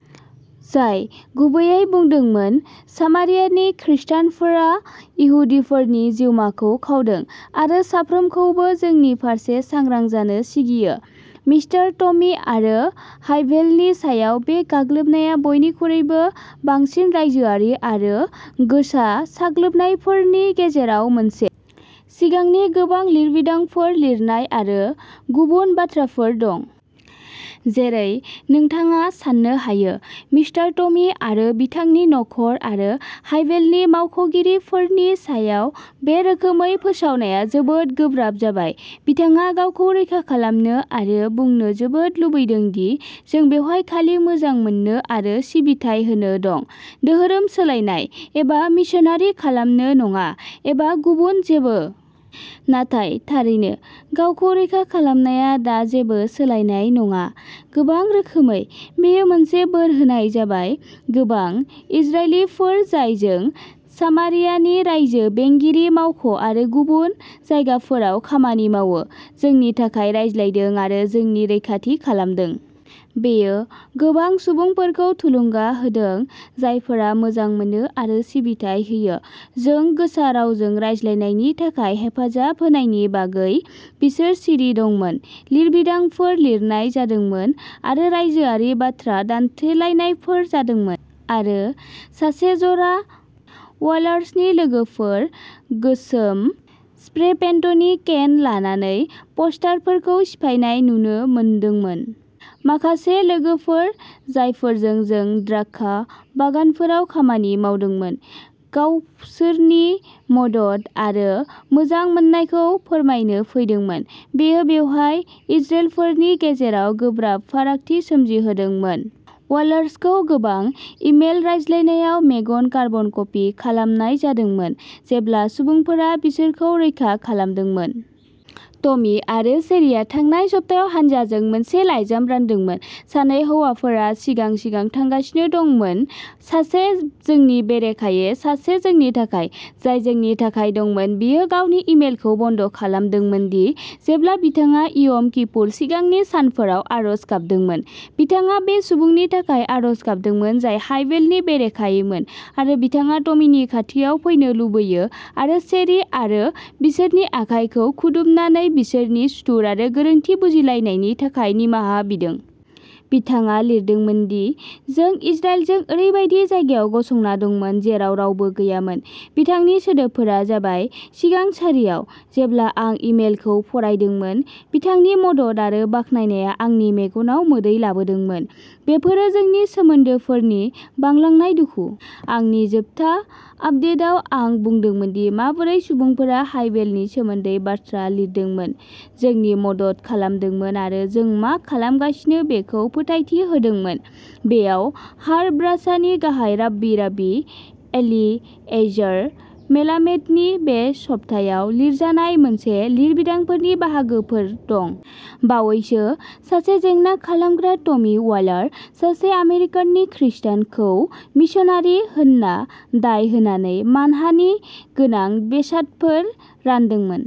जाय गुबैयै बुंदोंमोन, "सामारियानि खृस्टानफोरा इहुदिफोरनि जिउमाखौ खावदों" आरो साफ्रोमखौबो जोंनि फारसे सांग्रां जानो सिगियो। मिस्टार टमी आरो हायभेलनि सायाव बे गाग्लोबनाया बयनिख्रुइबो बांसिन रायजोआरि आरो "गोसा" गाग्लोबनायफोरनि गेजेराव मोनसे। सिगांनि गोबां लिरबिदांफोर लिरनाय आरो गुबुन बाथ्राफोर दं। जेरै नोंथाङा सान्नो हायो, मिस्टार टमी आरो बिथांनि न'खर आरो हायभेलनि मावख' गिरिफोरनि सायाव बे रोखोमै फोसावनाया जोबोद गोब्राब जाबाय। बिथाङा गावखौ रैखा खालामनो आरो बुंनो जोबोद लुबैदों दि जों बेवहाय खालि मोजां मोननो आरो सिबिथाइ होनो दं "धोरोम सोलायनाय" एबा मिशनारि खालामनो नङा, एबा गुबुन जेबो। नाथाय थारैनो, गावखौ रैखा खालामनाया दा जेबो सोलायनाय नङा। गोबां रोखोमै, बेयो मोनसे बोर होनाय जाबाय। गोबां इजरायलीफोर जाय जों सामारियानि रायजो बेंगिरिनि मावख' आरो गुबुन जायगाफोराव खामानि मावो, जोंनि थाखाय रायज्लायदों आरो जोंनि रैखाथि खालामदों। बेयो गोबां सुबुंफोरखौ थुलुंगा होदों जायफोरा मोजां मोनो आरो सिबिथाइ होयो। जों गोसा रावजों रायज्लायनायनि थाखाय हेफाजाब होनायनि बागै बिसोर सिरि दंमोन। लिरबिदांफोर लिरनाय जादोंमोन, आरो रायजोआरि बाथ्रा दान्थेलायनायफोर जादोंमोन, आरो सासे जरा वालार्सनि लोगोफोर गोसोम स्प्रे पेन्टनि केन लानानै पस्टारफोरखौ सिफायनाय नुनो मोनदोंमोन। माखासे लोगोफोर, जायफोरजों जों द्राक्षा बागानफोराव खामानि मावदोंमोन, गावसोरनि मदद आरो मोजां मोननायखौ फोरमायनो फैदोंमोन। बेयो बेवहाय इजरेलफोरनि गेजेराव गोब्राब फारागथि सोमजिहोदोंमोन। वालार्सखौ गोबां इमेल रायज्लायनायाव "मेगन कार्बन कपि" खालामनाय जादोंमोन, जेब्ला सुबुंफोरा बिसोरखौ रैखा खालामदोंमोन। टमी आरो शेरिआ थांनाय सप्तायाव हानजाजों मोनसे लाइजाम रानदोंमोन। सानै हौवाफोरा सिगां सिगां थांगासिनो दंमोन सासे जोंनि बेरेखायै, सासे जोंनि थाखाय। जाय जोंनि थाखाय दंमोन, बियो गावनि इमेलखौ बन्द' खालामदोंमोन दि जेब्ला बिथाङा यम किपुरनि सिगांनि सानफोराव आरज गाबदोंमोन, बिथाङा बे सुबुंनि थाखाय आरज गाबदोंमोन जाय हायभेलनि बेरेखायैमोन, आरो बिथाङा टमीनि खाथियाव फैनो लुगैयो आरो शेरी आरो बिसोरनि आखाइखौ खुदुमनानै बिसोरनि सुथुर आरो गोरोन्थि बुजिलायनायनि थाखाय निमाहा बिदों। बिथाङा लिरदोंमोन दि जों इजराइलजों ओरैबायदि जायगायाव गसंना दंमोन जेराव रावबो गैयामोन। बिथांनि सोदोबफोरा जाबाय, "सिगां सारियाव।" जेब्ला आं इमेलखौ फरायदोंमोन, बिथांनि मदद आरो बाख्नायनाया आंनि मेगनाव मोदै लाबोदोंमोन। बेफोरो जोंनि सोमोन्दोफोरनि "बांलांनाय दुखु"। आंनि जोबथा आपदेटआव आं बुंदोंमोन दि माबोरै सुबुंफोरा हायभेलनि सोमोन्दै बाथ्रा लिरदोंमोन, जोंनि मदद खालामदोंमोन आरो जों मा खालामगासिनो बेखौ फोथायथि होदोंमोन। बेयाव हार ब्राचानि गाहाय राब्बी राब्बी एलिएजार मेलामेडनि बे सप्तायाव लिरजानाय मोनसे लिरबिदांनि बाहागोफोर दं। बावैसो, सासे जेंना खालामग्राआ टमी वालार, सासे आमेरिकानि खृस्टान, खौ मिशनारि होनना दाय होनानै मानहानि गोनां बेसादफोर रानदोंमोन।